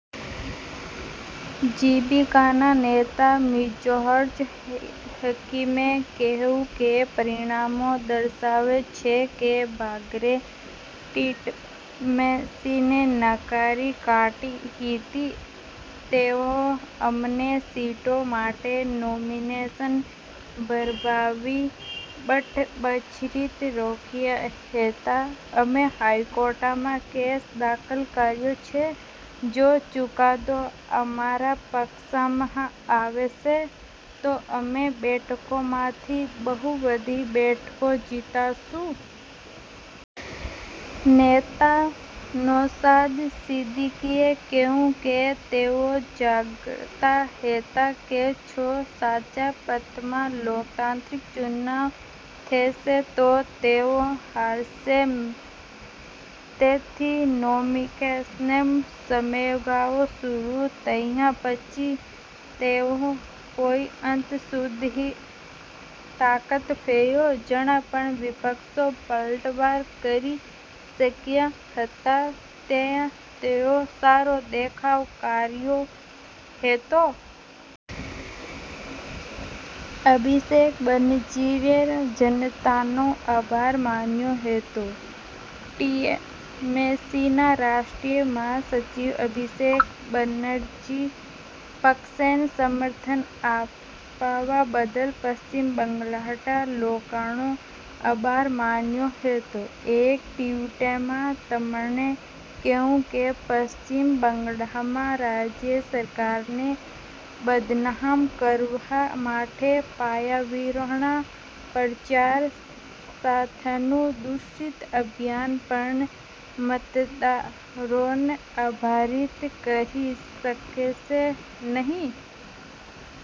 જોમી જીબીકાના નેતા મિર્ઝા હકીમે કહ્યું કે, પરિણામો દર્શાવે છે કે ભાંગરે ટીએમસીને નકારી કાઢી હતી. તેઓએ અમને સીટો માટે નોમિનેશન ભરવાથી બળજબરીથી રોક્યા હતા. અમે હાઈકોર્ટમાં કેસ દાખલ કર્યો છે. જો ચુકાદો અમારા પક્ષમાં આવશે તો અમે બેઠકોમાંથી બહુબધી બેઠકો જીતીશું. નેતા નૌશાદ સિદ્દીકીએ કહ્યું કે, જાણતી હતી કે, જો સાચા અર્થમાં લોકતાંત્રિક ચૂંટણી થશે તો તેઓ હારશે. તેથી નોમિનેશનનો સમયગાળો શરૂ થયા પછી, તેઓએ કોઈ અંત સુધી આતંક ફેલાવ્યો. જ્યાં પણ વિપક્ષો પલટવાર કરી શક્યા હતા, ત્યાં તેઓએ સારો દેખાવ કર્યો હતો. અભિષેક બેનર્જીએ જનતાનો આભાર માન્યો હતો ટીએમસીના રાષ્ટ્રીય મહાસચિવ અભિષેક બેનર્જીએ પક્ષને સમર્થન આપવા બદલ પશ્ચિમ બંગાળના લોકોનો આભાર માન્યો હતો. એક ટ્વિટમાં, તેમણે કહ્યું કે, પશ્ચિમ બંગાળમાં રાજ્ય સરકારને બદનામ કરવા માટે પાયાવિહોણા પ્રચાર સાથેનું દૂષિત અભિયાન પણ મતદારોને પ્રભાવિત કરી શકશે નહીં.